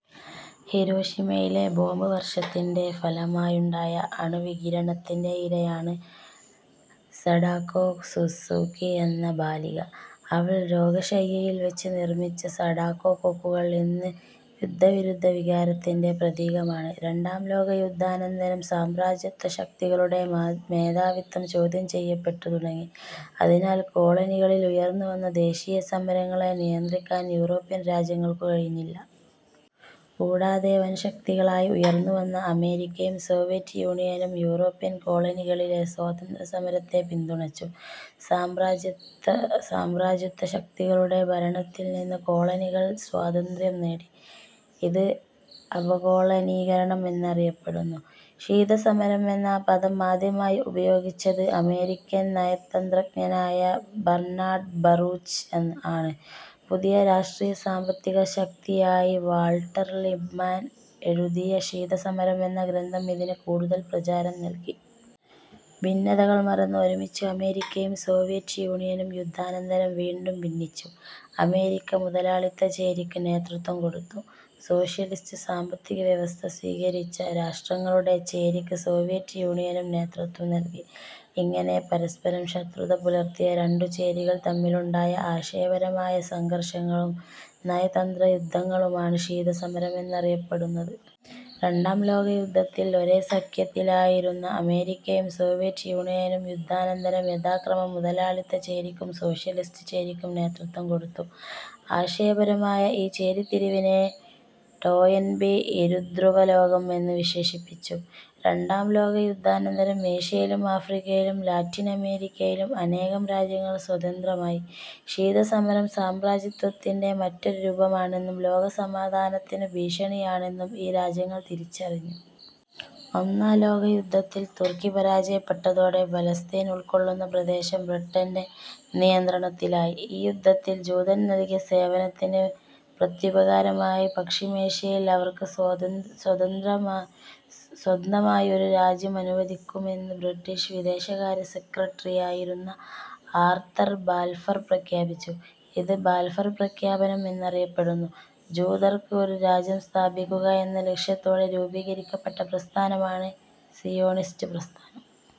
ഹിരോഷിമയിലെ bomb വർഷത്തിന്റെ ഫലമായുണ്ടായ അണുവികിരണത്തിന്റെ ഇരയാണ് സഡാക്കോ സസുക്കി എന്ന ബാലിക. അവൾ രോഗശയ്യയിൽ വച്ച് നിർമിച്ച സഡാക്കോ കൊക്കുകൾ ഇന്ന് യുദ്ധവിരുദ്ധ വികാരത്തിന്റെ പ്രതീകമാണ്. രണ്ടാം ലോകയുദ്ധാനന്തരം സാമ്രാജ്യത്വശക്തികളുടെ മേധാവിത്വം ചോദ്യം ചെയ്യപ്പെട്ടു തുടങ്ങി. അതിനാൽ കോളനികളിൽ ഉയർന്നുവന്ന ദേശീയസമരങ്ങളെ നിയന്ത്രിക്കാൻ യൂറോപ്യൻ രാജ്യങ്ങൾക്കു കഴിഞ്ഞില്ല. കൂടാതെ വൻശക്തികളായി ഉയർന്നുവന്ന അമേരിക്കയും സോവിയറ്റ് യൂണിയനും യൂറോപ്യൻ കോളനികളിലെ സ്വാതന്ത്ര്യസമരത്തെ പിന്തുണച്ചു. സാമ്രാജ്യത്വശക്തികളുടെ ഭരണത്തിൽനിന്നു കോളനികൾ സ്വാതന്ത്ര്യം നേടി. ഇത് അപകോളനീകരണം എന്നറിയപ്പെടുന്നു. ശീതസമരം എന്ന പദം ആദ്യമായി ഉപയോഗിച്ചത് അമേരിക്കൻ നയതന്തജ്ഞനായ ബർനാഡ് ബറൂച്ച് ആണ്. പുതിയ രാഷ്ട്രീയ സാമ്പത്തിക ശക്തിയായി വാൾട്ടർ ലിപ്മാൻ എഴുതിയ ""ശീതസമരം' എന്ന ഗ്രന്ഥം ഇതിന് കൂടുതൽ പ്രചാരം നൽകി. ഭിന്നതകൾ മറന്ന് ഒരുമിച്ച് അമേരിക്കയും സോവിയറ്റ് യൂണിയനും യുദ്ധാനന്തരം വീണ്ടും ഭിന്നിച്ചു. അമേരിക്ക മുതലാളിത്ത ചേരിക്ക് നേതൃത്വം കൊടുത്തു. സോഷ്യ ലിസ്റ്റ് സാമ്പത്തികവ്യവസ്ഥ സ്വീകരിച്ച രാഷ്ട്രങ്ങളുടെ ചേരിക്ക് സോവിയറ്റ് യൂണിയനും നേതൃത്വം നൽകി. ഇങ്ങനെ പരസ്പരം ശത്രുത പുലർത്തിയ രണ്ടു ചേരികൾ തമ്മിലുണ്ടായ ആശയപരമായ സംഘർഷങ്ങളും നയതന്ത്രയുദ്ധങ്ങളുമാണ് ശീതസമരം എന്നറിയപ്പെടുന്നത്. രണ്ടാം ലോകയുദ്ധത്തിൽ ഒരേ സഖ്യത്തിലായിരുന്ന അമേരിക്കയും സോവിയറ്റ് യൂണിയനും യുദ്ധാനന്തരം യഥാക്രമം മുതലാളിത്ത ചേരിക്കും സോഷ്യലിസ്റ്റ് ചേരിക്കും നേതൃത്വം കൊടുത്തു. ആശയപരമായ ഈ ചേരിതിരിവിനെ ടോയൻബി ഇരുധ്രുവലോകം എന്ന് വിശേഷിപ്പിച്ചു. രണ്ടാം ലോകയുദ്ധാനന്തരം ഏഷ്യയിലും ആഫ്രിക്കയിലും ലാറ്റിനമേരിക്കയിലും അനേകം രാജ്യങ്ങൾ സ്വതന്ത്രമായി. ശീതസമരം സാമ്രാജ്യത്വത്തിന്റെ മറ്റൊരു രൂപമാണെന്നും ലോകസമാധാനത്തിനു ഭീഷണിയാണെന്നും ഈ രാജ്യങ്ങൾ തിരിച്ചറിഞ്ഞു. ഒന്നാം ലോകയുദ്ധത്തിൽ തുർക്കി പരാജയപ്പെട്ടതോടെ പാലസ്തീൻ ഉൾക്കൊള്ളുന്ന പ്രദേശം ബ്രിട്ടന്റെ നിയന്ത്രണത്തിലായി. ഈ യുദ്ധത്തിൽ ജൂതർ നൽകിയ സേവനത്തിന് പ്രത്യുപകാരമായി പശ്ചിമേഷ്യയിൽ അവർക്ക് സ്വന്തമായി ഒരു രാജ്യം അനുവദിക്കുമെന്ന് ബ്രിട്ടീഷ് വിദേശകാര്യ സെക്രട്ടറിയായിരുന്ന ആർതർ ബാൽഫർ പ്രഖ്യാപിച്ചു. ഇത് ബാൽഫർ പ്രഖ്യാപനം എന്നറിയപ്പെടുന്നു. ജൂതർക്ക് ഒരു രാജ്യം സ്ഥാപിക്കുക എന്ന ലക്ഷ്യത്തോടെ രൂപീകരിക്കപ്പെട്ട പ്രസ്ഥാനമാണ് സിയോണിസ്റ്റ് പ്രസ്ഥാനം.